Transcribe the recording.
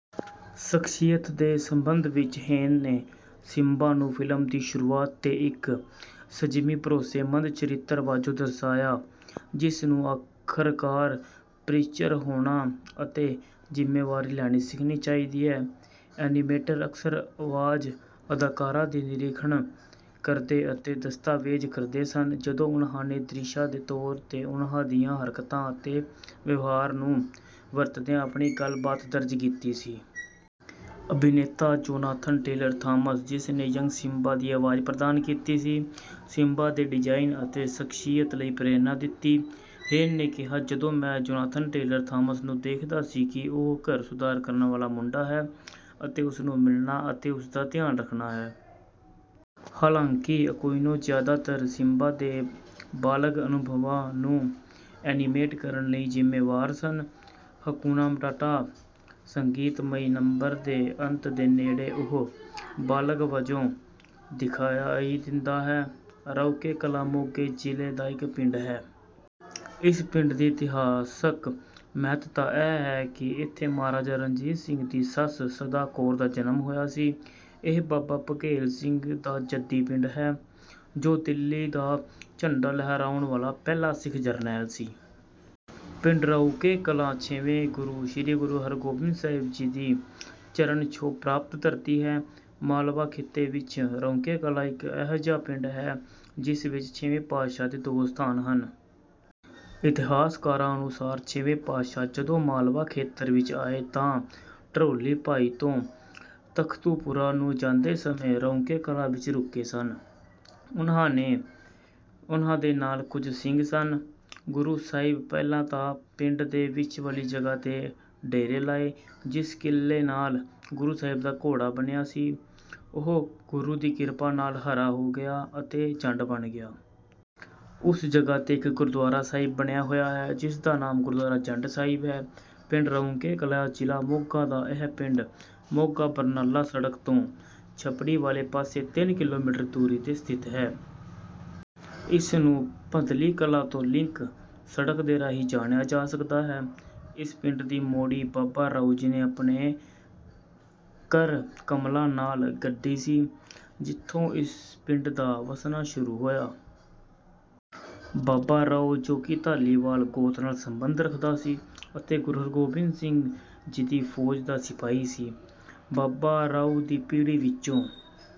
ਸ਼ਖਸੀਅਤ ਦੇ ਸੰਬੰਧ ਵਿੱਚ ਹੇਨ ਨੇ ਸਿਮਬਾ ਨੂੰ ਫਿਲਮ ਦੀ ਸ਼ੁਰੂਆਤ ਤੇ ਇੱਕ ਸੰਜਮੀ ਭਰੋਸੇਮੰਦ ਚਰਿੱਤਰ ਵਜੋਂ ਦਰਸਾਇਆ ਜਿਸ ਨੂੰ ਆਖਰਕਾਰ ਪਰਿਪੱਕ ਹੋਣਾ ਅਤੇ ਜ਼ਿੰਮੇਵਾਰੀ ਲੈਣੀ ਸਿੱਖਣੀ ਚਾਹੀਦੀ ਹੈ। ਐਨੀਮੇਟਰ ਅਕਸਰ ਆਵਾਜ਼ ਅਦਾਕਾਰਾਂ ਦੀ ਨਿਰੀਖਣ ਕਰਦੇ ਅਤੇ ਦਸਤਾਵੇਜ਼ ਕਰਦੇ ਸਨ ਜਦੋਂ ਉਨ੍ਹਾਂ ਨੇ ਦ੍ਰਿਸ਼ਾਂ ਦੇ ਤੌਰ ਤੇ ਉਨ੍ਹਾਂ ਦੀਆਂ ਹਰਕਤਾਂ ਅਤੇ ਵਿਵਹਾਰ ਨੂੰ ਵਰਤਦਿਆਂ ਆਪਣੀ ਗੱਲਬਾਤ ਦਰਜ ਕੀਤੀ ਸੀ। ਅਭਿਨੇਤਾ ਜੋਨਾਥਨ ਟੇਲਰ ਥਾਮਸ ਜਿਸ ਨੇ ਯੰਗ ਸਿਮਬਾ ਦੀ ਆਵਾਜ਼ ਪ੍ਰਦਾਨ ਕੀਤੀ ਸੀ ਨੇ ਸਿਮਬਾ ਦੇ ਡਿਜ਼ਾਇਨ ਅਤੇ ਸ਼ਖਸੀਅਤ ਲਈ ਪ੍ਰੇਰਨਾ ਦਿੱਤੀ। ਹੇਨ ਨੇ ਕਿਹਾ ਜਦੋਂ ਮੈਂ ਜੋਨਾਥਨ ਟੇਲਰ ਥਾਮਸ ਨੂੰ ਦੇਖਦਾ ਸੀ ਕਿ ਉਹ ਘਰ ਸੁਧਾਰ ਕਰਨ ਵਾਲਾ ਮੁੰਡਾ ਹੈ ਅਤੇ ਉਸ ਨੂੰ ਮਿਲਣਾ ਅਤੇ ਉਸ ਦਾ ਧਿਆਨ ਰੱਖਣਾ ਹੈ। ਹਾਲਾਂਕਿ ਅਕੁਇਨੋ ਜ਼ਿਆਦਾਤਰ ਸਿਮਬਾ ਦੇ ਬਾਲਗ ਅਨੁਭਵਾਂ ਨੂੰ ਐਨੀਮੇਟ ਕਰਨ ਲਈ ਜ਼ਿੰਮੇਵਾਰ ਸਨ ਹਕੁਨਾ ਮਤਾਤਾ ਸੰਗੀਤਮਈ ਨੰਬਰ ਦੇ ਅੰਤ ਦੇ ਨੇੜੇ ਉਹ ਬਾਲਗ ਵਜੋਂ ਦਿਖਾਈ ਦਿੰਦਾ ਹੈ। ਰਾਊਕੇ ਕਲਾਂ ਮੋਗਾ ਜ਼ਿਲ੍ਹੇ ਦਾ ਇੱਕ ਪਿੰਡ ਹੈ। ਇਸ ਪਿੰਡ ਦੀ ਇਤਿਹਾਸਕ ਮਹੱਤਤਾ ਇਹ ਹੈ ਕਿ ਇੱਥੇ ਮਹਾਰਾਜਾ ਰਣਜੀਤ ਸਿੰਘ ਦੀ ਸੱਸ ਸਦਾ ਕੌਰ ਦਾ ਜਨਮ ਹੋਇਆ ਸੀ। ਇਹ ਬਾਬਾ ਬਘੇਲ ਸਿੰਘ ਦਾ ਜੱਦੀ ਪਿੰਡ ਹੈ ਜੋ ਦਿੱਲੀ ਦਾ ਝੰਡਾ ਲਹਿਰਾਉਣ ਵਾਲਾ ਪਹਿਲਾ ਸਿੱਖ ਜਰਨੈਲ ਸੀ। ਪਿੰਡ ਰਾਊਕੇ ਕਲਾਂ ਛੇਵੇਂ ਗੁਰੂ ਸ੍ਰੀ ਗੁਰੂ ਹਰਿਗੋਬਿੰਦ ਸਾਹਿਬ ਜੀ ਦੀ ਚਰਨ ਛੋਹ ਪ੍ਰਾਪਤ ਧਰਤੀ ਹੈ। ਮਾਲਵਾ ਖਿੱਤੇ ਵਿੱਚ ਰਾਊਕੇ ਕਲਾਂ ਇਕੱਲਾ ਅਜਿਹਾ ਪਿੰਡ ਹੈ ਜਿਸ ਵਿੱਚ ਛੇਵੇਂ ਪਾਤਸ਼ਾਹ ਦੇ ਦੋ ਅਸਥਾਨ ਹਨ। ਇਤਿਹਾਸਕਾਰਾਂ ਅਨੁਸਾਰ ਛੇਵੇਂ ਪਾਤਸ਼ਾਹ ਜਦੋਂ ਮਾਲਵਾ ਖੇਤਰ ਵਿੱਚ ਆਏ ਤਾਂ ਡਰੋਲੀ ਭਾਈ ਤੋਂ ਤਖਤੂਪੁਰਾ ਨੂੰ ਜਾਂਦੇ ਸਮੇਂ ਰਾਊਕੇ ਕਲਾਂ ਵਿੱਚ ਰੁਕੇ ਸਨ। ਉਨ੍ਹਾਂ ਦੇ ਨਾਲ ਕੁਝ ਸਿੰਘ ਵੀ ਸਨ। ਗੁਰੂ ਸਾਹਿਬ ਪਹਿਲਾਂ ਤਾਂ ਪਿੰਡ ਦੇ ਵਿੱਚ ਵਾਲੀ ਜਗ੍ਹਾ ਤੇ ਡੇਰੇ ਲਾਏ ਜਿਸ ਕਿੱਲੇ ਨਾਲ ਗੁਰੂ ਸਾਹਿਬ ਦਾ ਘੋੜਾ ਬੰਨਿਆ ਸੀ ਉਹ ਗੁਰੂ ਦੀ ਕਿਰਪਾ ਨਾਲ ਹਰਾ ਹੋ ਗਿਆ ਅਤੇ ਜੰਡ ਬਣ ਗਿਆ। ਉਸ ਜਗ੍ਹਾ ਤੇ ਇੱਕ ਗੁਰਦੁਆਰਾ ਸਾਹਿਬ ਬਣਿਆ ਹੋਇਆ ਹੈ ਜਿਸ ਦਾ ਨਾਮ ਗੁਰਦੁਆਰਾ ਜੰਡ ਸਾਹਿਬ ਹੈ। ਪਿੰਡ ਰਾਊਕੇ ਕਲਾਂ ਜ਼ਿਲ੍ਹਾ ਮੋਗਾ ਦਾ ਇਹ ਪਿੰਡ ਮੋਗਾ ਬਰਨਾਲਾ ਸੜਕ ਤੋਂ ਛੱਪੜੀ ਵਾਲੇ ਪਾਸੇ ਤਿੰਨ ਕਿਲੋਮੀਟਰ ਦੀ ਦੂਰੀ ਤੇ ਸਥਿਤ ਹੈ। ਇਸ ਨੂੰ ਬੱਧਨੀ ਕਲਾਂ ਤੋਂ ਲਿੰਕ ਸੜਕ ਦੇ ਰਾਹੀਂ ਜਾਇਆ ਜਾ ਸਕਦਾ ਹੈ। ਇਸ ਪਿੰਡ ਦੀ ਮੋੜੀ ਬਾਬਾ ਰਾਊ ਜੀ ਨੇ ਆਪਣੇ ਕਰ ਕਮਲਾਂ ਨਾਲ ਗੱਡੀ ਸੀ ਜਿੱਥੋਂ ਇਸ ਪਿੰਡ ਦਾ ਵੱਸਣਾ ਸ਼ੁਰੂ ਹੋਇਆ। ਬਾਬਾ ਰਾਊ ਜੋ ਕਿ ਧਾਲੀਵਾਲ ਗੋਤ ਨਾਲ ਸਬੰਧ ਰੱਖਦਾ ਸੀ ਅਤੇ ਗੁਰੂ ਹਰਿਗੋਬਿੰਦ ਸਾਹਿਬ ਜੀ ਦੀ ਫੌਜ ਦਾ ਸਿਪਾਹੀ ਸੀ। ਬਾਬਾ ਰਾਊ ਦੀ ਪੀੜ੍ਹੀ ਵਿੱਚੋਂ